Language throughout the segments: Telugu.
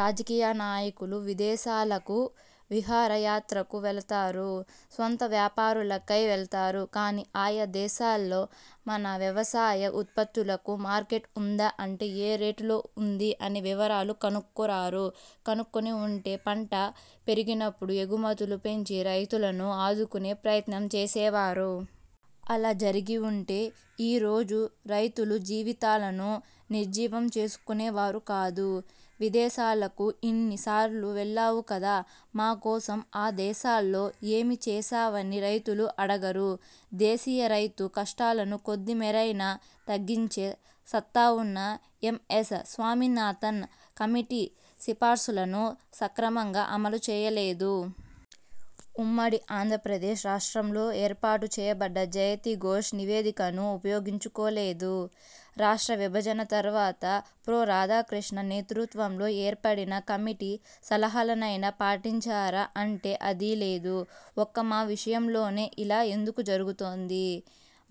రాజకీయనాయకులు విదేశాలకు విహార యాత్రలకు వెళతారు, స్వంత వ్యాపారాలకై వెళతారు, కానీ ఆయా దేశాల్లో మన వ్యవసాయ ఉత్పత్తులకు మార్కెట్ ఉందా, ఉంటే ఏ రేటులో ఉంది అనే వివరాలు కనుక్కురారు, కనుక్కుని ఉంటే పంట పెరిగినపుడు ఎగుమతులు పెంచి రైతులను ఆదుకునే ప్రయత్నం చేసేవారు. అలా జరిగిఉంటే ఈ రోజు రైతులు జీవితాలను నిర్జీవం చేసుకునేవారు కాదు. విదేశాలకు ఇన్ని సార్లు వెళ్లావు కదా, మాకోసం ఆ విదేశాల్లో ఏమి చేశావని రైతులు అడగరు. దేశీయ రైతు కష్టాలను కొద్ది మేరయినా తగ్గించే సత్తా ఉన్న ఎం. ఎస్. స్వామినాథన్ కమిటీ సిఫార్సులను సక్రమంగా అమలుచేయలేదు. ఉమ్మడి ఆంధ్రప్రదేశ్ రాష్ట్రంలో ఏర్పాటు చేయబడ్డ జయతి ఘోష్ నివేదికను ఉపయోగించుకోలేదు. రాష్ట్ర విభజన తర్వాత, ప్రొ. రాధాకృష్ణ నేతృత్వంలో ఏర్పడిన కమిటీ సలహాలనైనా పాటించారా అంటే అదీలేదు. ఒక్క మా విషయంలోనే ఇలా ఎందుకు జరుగుతూందీ?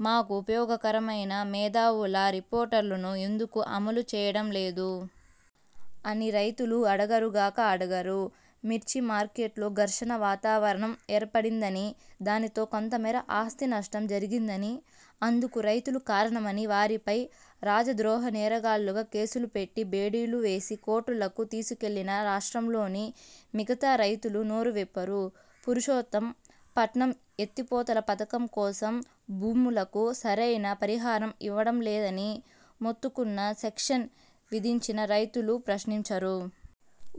మాకు ఉపయోగకరమైన మేధావుల రిపోర్టులను ఎందుకు అమలు చేయడం లేదూ? అని రైతులు అడగరుగాక అడగరు. మిర్చి మార్కెట్లో ఘర్షణ వాతావరణం ఏర్పడిందనీ, దానితో కొంతమేర ఆస్తినష్టం జరిగిందని, అందుకు రైతులు కారణమని, వారిపై రాజద్రోహ నేరగాళ్ళుగా కేసులు పెట్టి, బేడీలు వేసి కోర్టులకు తీసికెళ్ళినా రాష్ట్రంలోని మిగతా రైతులు నోరువిప్పరు. పురుషోత్తం పట్నం ఎత్తిపోతల పథకం కోసం భూములకు సరైన పరిహారం ఇవ్వడం లేదని మొత్తుకున్నా, సెక్షన్ విదించినా రైతులు ప్రశ్నించరు.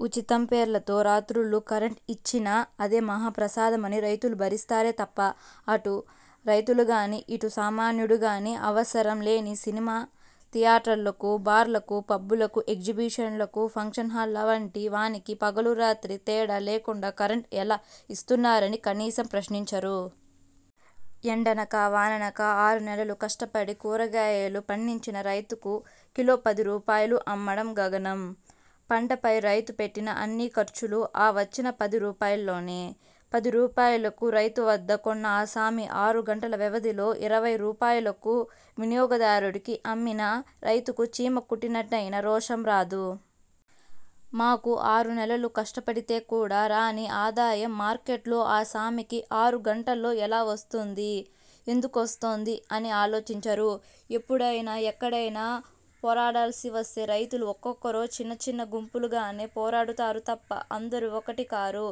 ఉచితం పేరుతో రాత్రుళ్ళు కరెంట్ ఇచ్చినా అదే మహా ప్రసాదమని రైతులు భరిస్తారే తప్పా, అటు రైతులకుగానీ ఇటు సామాన్యుడికిగానీ అవసరం లేని సినిమా థియేటర్లకు, బార్లకు, పబ్బులకు, ఎగ్జిబిషన్లకు, పంక్షన్ హాళ్ళ వంటి వానికి పగలు రాత్రి తేడా లేకుండా కరెంట్ ఎలా ఇస్తున్నారని కనీసం ప్రశ్నించరు. ఎండనక, వాననక ఆరు నెలలు కష్టపడి కూరగాయాలు పండించిన రైతులకు కిలో పది రూపాయలు అమ్మడం గగనం. పంటపై రైతు పెట్టిన అన్ని ఖర్చులు ఆ వచ్చిన పది రూపాయల్లోనే. పది రూపాయలకు రైతు వద్ద కొన్న ఆసామి ఆరు గంటల వ్యవధిలో ఇరవై రూపాయలకు వినియోగదారునికి అమ్మినా రైతులకు చీమ కుట్టినట్లయినా రోషం రాదు. మాకు ఆరు నెలలు కష్టపడితే కూడా రాని ఆదాయం, మార్కెట్లో ఆసామికి ఆరు గంటల్లో ఎలా వస్తుందీ, ఎందుకొస్తుందీ అని ఆలోచించరు. ఎప్పుడయినా, ఎక్కడయినా పోరాడాల్సి వస్తే రైతులు ఒక్కొక్కరో, చిన్న చిన్న గుంపులు గానో పోరాడతారు తప్ప అందరూ ఒక్కటి కారు.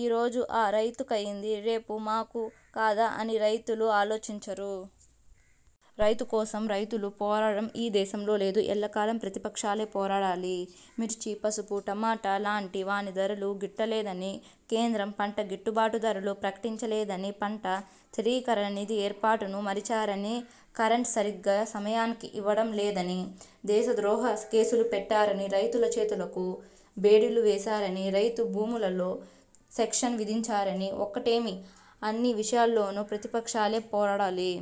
ఈ రోజు ఆ రైతుకయింది, రేపు మాకు కాదా అని రైతులు ఆలోచించరు. రైతులకోసం రైతులు పోరాడడం ఈ దేశంలో లేదు. ఎల్లకాలం ప్రతిపక్షాలే పోరాడాలి. మిర్చి, పసుపు, టమోటా లాంటి వాని ధరలు గిట్టలేదని, కేంద్రం పంట గిట్టుబాటు ధరలు ప్రకటించలేదని, పంట స్థిరీకరణ నిధి ఏర్పాటును మరిచారనీ, కరెంట్ సరిగా సమయానికి ఇవ్వడం లేదని, దేశ ద్రోహ కేసులు పెట్టారని, రైతుల చేతులకు బేడీలు వేసారని, రైతు భూముల్లో సెక్షన్ విధించారని ఒకటేమిటి అన్ని విషయాల్లోనూ ప్రతిపక్షాలే పోరాడాలి.